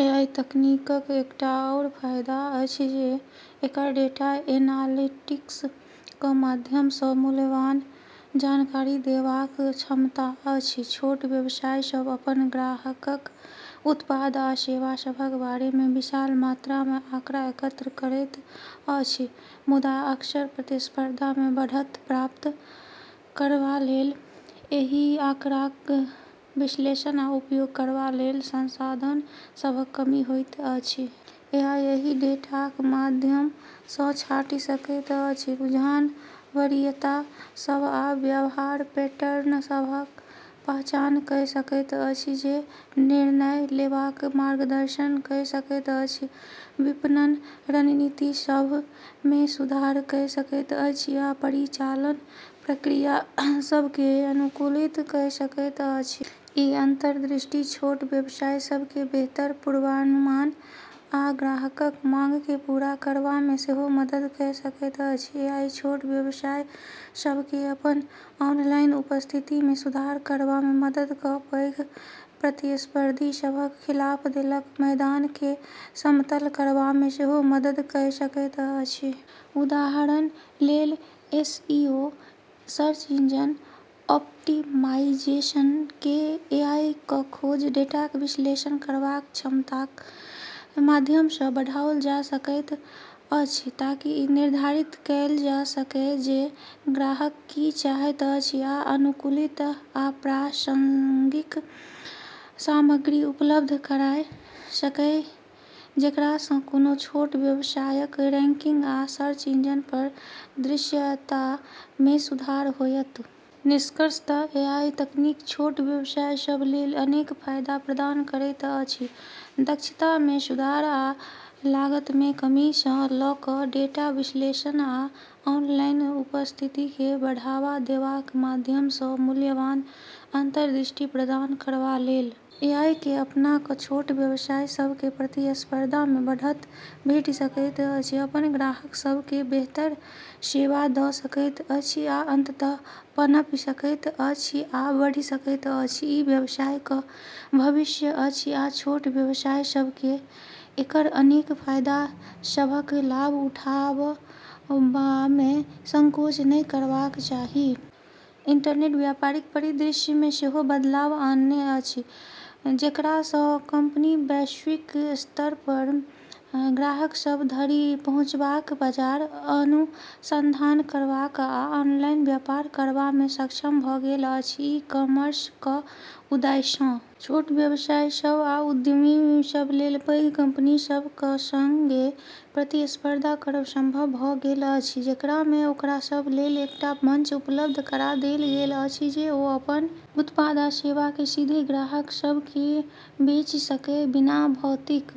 AI तकनीकक एकटा आओर फायदा अछि जे एकर डेटा एनालिटिक्स क माध्यम सँ मूल्यवान जानकारी देबाक क्षमता अछि। छोट व्यवसाय सभ अपन ग्राहकक, उत्पाद आ सेवा सभक बारे मे विशाल मात्रामे आँकड़ा एकत्र करैत अछि, मुदा अक्सर प्रतिस्पर्धा मे बढ़त प्राप्त करबा लेल एहि आँकड़ाक विश्लेषण आ उपयोग करबा लेल संसाधन सभक कमी होइत अछि। एआई एहि डेटाक माध्यम सँ छाँटि सकैत अछि, रुझान, वरीयता सभ, आ व्यवहार पैटर्न सभक पहचान कइ सकैत अछि जे निर्णय लेबाक मार्गदर्शन कइ सकैत अछि, विपणन रणनीति सभ मे सुधार कइ सकैत अछि, आ परिचालन प्रक्रिया सभ केँ अनुकूलित कइ सकैत अछि। ई अंतर्दृष्टि छोट व्यवसाय सभ केँ बेहतर पूर्वानुमान आ ग्राहकक माँग केँ पूरा करबामे सेहो मदद कइ सकैत अछि। एआई छोट व्यवसाय सभ केँ अपन ऑनलाइन उपस्थिति मे सुधार करबामे मदद कऽ पैघ प्रतिस्पर्धी सभक खिलाफ खेलक मैदान केँ समतल करबामे सेहो मदद कइ सकैत अछि। उदाहरण लेल, एसईओ (सर्च इंजन ऑप्टिमाइजेशन) केँ एआई क खोज डेटाक विश्लेषण करबाक क्षमताक माध्यम सँ बढ़ाओल जा सकैत अछि ताकि ई निर्धारित कएल जा सकए जे ग्राहक की चाहैत अछि आ अनुकूलित आ प्रासंगिक सामग्री उपलब्ध कराए सकए, जेकरा सँ कोनो छोट व्यवसायक रैंकिंग आ सर्च इंजन पर दृश्यता मे सुधार होएत। निष्कर्षतः, एआई तकनीक छोट व्यवसाय सभ लेल अनेक फायदा प्रदान करैत अछि, दक्षता मे सुधार आ लागत मे कमी सँ लऽ कऽ डेटा विश्लेषण आ ऑनलाइन उपस्थिति केँ बढ़ावा देबाक माध्यम सँ मूल्यवान अंतर्दृष्टि प्रदान करबा लेल। एआई केँ अपना कऽ छोट व्यवसाय सभ केँ प्रतिस्पर्धा मे बढ़त भेटि सकैत अछि, अपन ग्राहक सभ केँ बेहतर सेवा दऽ सकैत अछि, आ अंततः पनपि सकैत अछि आ बढ़ि सकैत अछि। ई व्यवसाय क भविष्य अछि, आ छोट व्यवसाय सभ केँ एकर अनेक फायदा सभक लाभ उठाबबामे संकोच नहि करबाक चाही। इंटरनेट व्यापारिक परिदृश्य मे सेहो बदलाव आनने अछि, जेकरा सँ कंपनी वैश्विक स्तर पर ग्राहक सभ धरि पहुँचबाक, बाजार अनुसंधान करबाक, आ ऑनलाइन व्यापार करबामे सक्षम भऽ गेल अछि। ई-कॉमर्स क उदय सँ छोट व्यवसाय सभ आ उद्यमी सभ लेल पैघ कंपनी सभ क संगे प्रतिस्पर्धा करब संभव भऽ गेल अछि, जेकरा मे ओकरा सभ लेल एकटा मंच उपलब्ध करा देल गेल अछि जे ओ अपन उत्पाद आ सेवा केँ सीधे ग्राहक सभ केँ बेचि सकए, बिना भौतिक